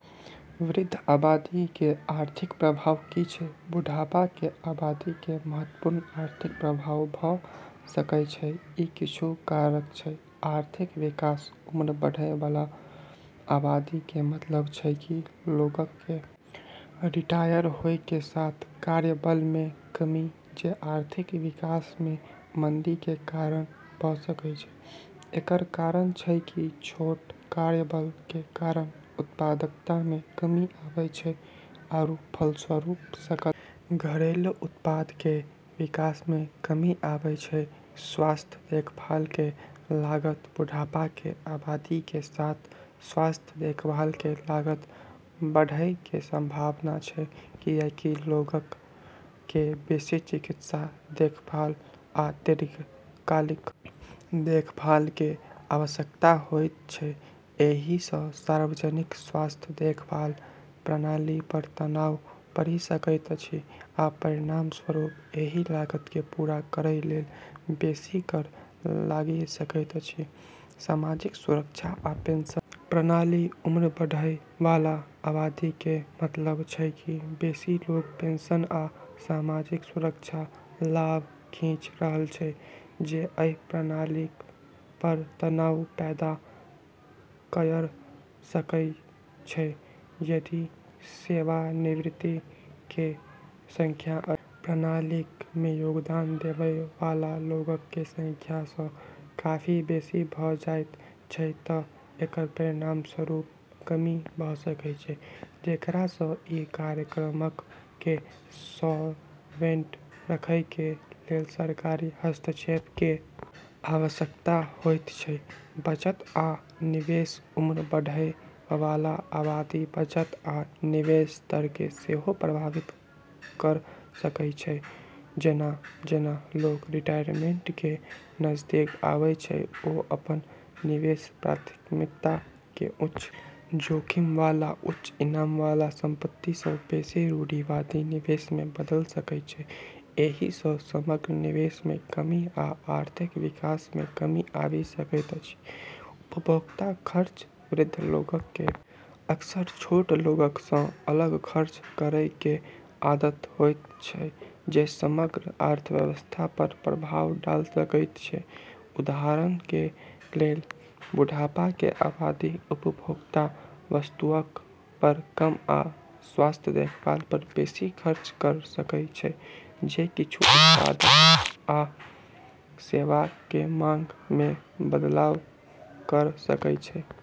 वृद्ध आबादी कें आर्थिक प्रभाव की छै? बुढ़ापा कें आबादी कें महत्वपूर्ण आर्थिक प्रभाव भ सकएय छै, इ किछु कारक छै, आर्थिक विकास उम्र बढ़य वाला आबादी कें मतलब छै कि लोगक कें रिटायर होय कें साथ कार्यबल मे कमी जे आर्थिक विकास मे मंदी कें कारण भ सकय छै, एकरऽ कारण छै कि छोटऽ कार्यबल के कारण उत्पादकता मे कमी आबै छै आरू फलस्वरूप सकल घरेलू उत्पाद केरऽ विकास मे कमी आबै छै, स्वास्थ्य देखभाल कें लागत बुढ़ापा कें आबादी कें साथ स्वास्थ्य देखभाल कें लागत बढ़एय कें संभावना छै कियाकि लोगक कें बेसि चिकित्सा देखभाल आ दीर्घकालिक देखभाल कें आवश्यकता होयत छै, एहि सं सार्वजनिक स्वास्थ्य देखभाल प्रणाली पर तनाव पड़ि सकैत अछि आ परिणामस्वरूप एहि लागत के पूरा करय लेल बेसी कर लागि सकैत अछि, सामाजिक सुरक्षा आ पेंशन प्रणाली उम्र बढ़य वाला आबादी कें मतलब छै कि बेसि लोग पेंशन आ सामाजिक सुरक्षा लाभ खींच रहल छै जे अइ प्रणालीक पर तनाव पैदा कयर सकय छै, यदि सेवानिवृत्त कें संख्या अइ प्रणालीक मे योगदान देवय वाला लोगक कें संख्या सं काफी बेसि भ जायत छै त एकर परिणामस्वरूप कमी भ सकय छै जेकरा सं इ कार्यक्रमक कें सॉल्वेंट रखय कें लेल सरकारी हस्तक्षेप कें आवश्यकता होयत छै, बचत आ निवेश उम्र बढ़य वाला आबादी बचत आ निवेश दर कें सेहो प्रभावित कयर सकय छै जेना-जेना लोग रिटायरमेंट कें नजदीक आबै छै ओ अपन निवेश प्राथमिकता कें उच्च जोखिम वाला उच्च इनाम वाला संपत्ति सं बेसि रूढ़िवादी निवेश मे बदल सकय छै, एहि स समग्र निवेश मे कमी आ आर्थिक विकास मे कमी आबि सकैत अछि, उपभोक्ता खर्च वृद्ध लोगक कें अक्सर छोट लोगक सं अलग खर्च करय कें आदत होयत छै जे समग्र अर्थव्यवस्था पर प्रभाव डाल सकय छै उदाहरण कें लेल, बुढ़ापा कें आबादी उपभोक्ता वस्तुअक पर कम आ स्वास्थ्य देखभाल पर बेसि खर्च कयर सकय छै जे किच्छू उत्पादक आ सेवाक कें मांग मे बदलाव कयर सकय छै।